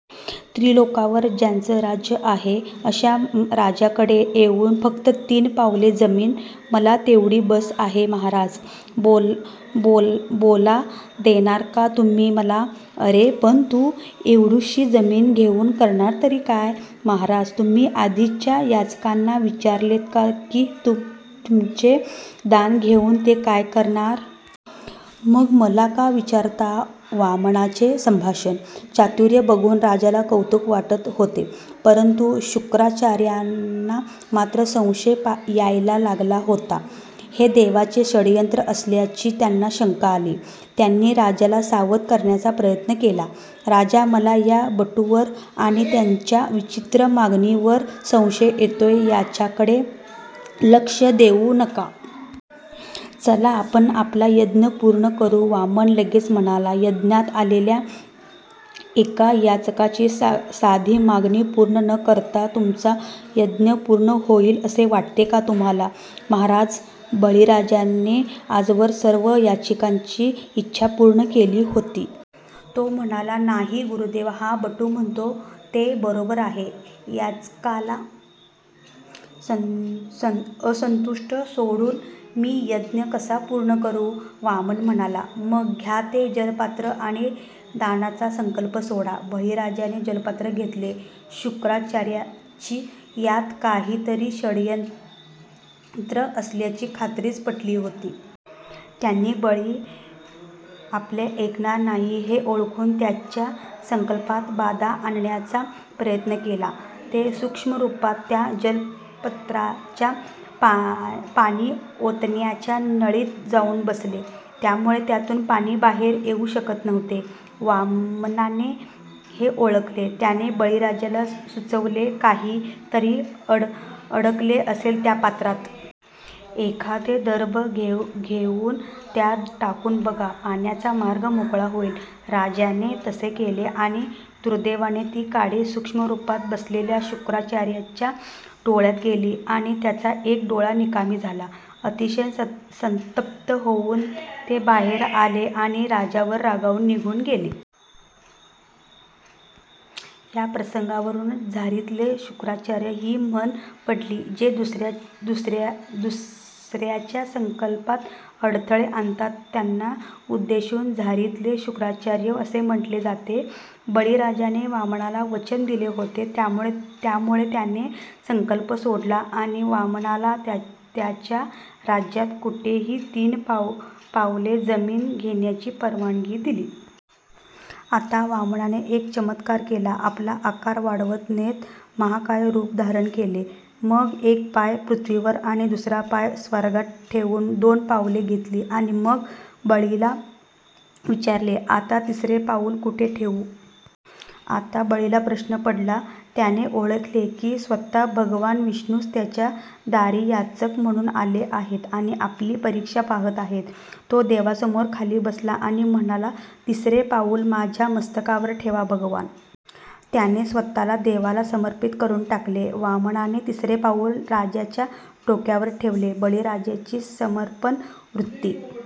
त्रिलोकावर ज्याचं राज्य आहे अशा राजाकडे येऊन फक्त तीन पावले जमीन? मला तेवढी बस आहे महाराज. बोला देणार का तुम्ही मला? अरे पण तू एवढुशी जमीन घेऊन करणार तरी काय? महाराज, तुम्ही आधीच्या याचकांना विचारलेत का कि तुमचे दान घेऊन ते काय करणार? मग मला का विचारता? वामनाचे संभाषण चातुर्य बघुन राजाला कौतुक वाटत होते. परंतु शुक्राचार्यांना मात्र संशय यायला लागला होता. हे देवांचे षडयंत्र असल्याची त्यांना शंका आली. त्यांनी राजाला सावध करण्याचा प्रयत्न केला. राजा, मला या बटूवर आणि त्याच्या विचित्र मागणीवर संशय येतोय, याच्याकडे लक्ष देऊ नका. चला आपण आपला यज्ञ पूर्ण करू. वामन लगेच म्हणाला यज्ञात आलेल्या एका याचकाची साधी मागणी पूर्ण न करता तुमचा यज्ञ पूर्ण होईल असे वाटते का तुम्हाला महाराज? बळीराजाने आजवर सर्व याचकांची इच्छा पूर्ण केली होती. तो म्हणाला नाही. गुरुदेव हा बटू म्हणतो ते बरोबर आहे, याचकाला असंतुष्ट सोडुन मी यज्ञ कसा पूर्ण करू? वामन म्हणाला "मग घ्या ते जलपात्र आणि दानाचा संकल्प सोडा. बळीराजाने जलपात्र घेतले. शुक्राचार्यांची यात काही तरी षडयंत्र असल्याची खात्रीच पटली होती. त्यांनी बळी आपले ऐकणार नाही हे ओळखुन त्याच्या संकल्पात बाधा आणण्याचा प्रयत्न केला. ते सूक्ष्मरूपात त्या जलपत्राच्या पाणी ओतण्याच्या नळीत जाऊन बसले. त्यामुळे त्यातुन पाणी बाहेर येऊ शकत नव्हते. वामनाने हे ओळखले. त्याने बळीराजाला सुचवले काही तरी अडकले असेल त्या पात्रात. एखादे दर्भ घेऊन त्यात टाकुन बघा, पाण्याचा मार्ग मोकळा होईल. राजाने तसे केले आणि दुर्दैवाने ती काडी सूक्ष्मरूपात बसलेल्या शुक्राचार्यांच्या डोळ्यात गेली आणि त्यांचा एक डोळा निकामी झाला. अतिशय संतप्त होऊन ते बाहेर आले आणि राजावर रागावून निघुन गेले. या प्रसंगावरून झारीतले शुक्राचार्य हि म्हण पडली. जे दुसऱ्याच्या संकल्पात अडथळे आणतात त्यांना उद्देशुन झारीतले शुक्राचार्य असे म्हटले जाते. बळीराजाने वामनाला वचन दिले होते त्यामुळे त्याने संकल्प सोडला आणि वामनाला त्याच्या राज्यात कुठेही तीन पावले जमीन घेण्याची परवानगी दिली. आता वामनाने एक चमत्कार केला. आपला आकार वाढवत नेत महाकाय रूप धारण केले. मग एक पाय पृथ्वीवर आणि दुसरा पाय स्वर्गात ठेवुन दोन पावले घेतली. आणि मग बळीला विचारले आता तिसरे पाऊल कुठे ठेवु? आता बळीला प्रश्न पडला. त्याने ओळखले कि स्वतः भगवान विष्णूच त्याच्या दारी याचक म्हणुन आले आहेत आणि आपली परीक्षा पाहत आहेत. तो देवासमोर खाली बसला आणि म्हणाला तिसरे पाऊल माझ्या मस्तकावर ठेवा भगवान. त्याने स्वतःला देवाला समर्पित करून टाकले. वामनाने तिसरे पाऊल राजाच्या डोक्यावर ठेवले. बळीराजाची समर्पण वृत्ती,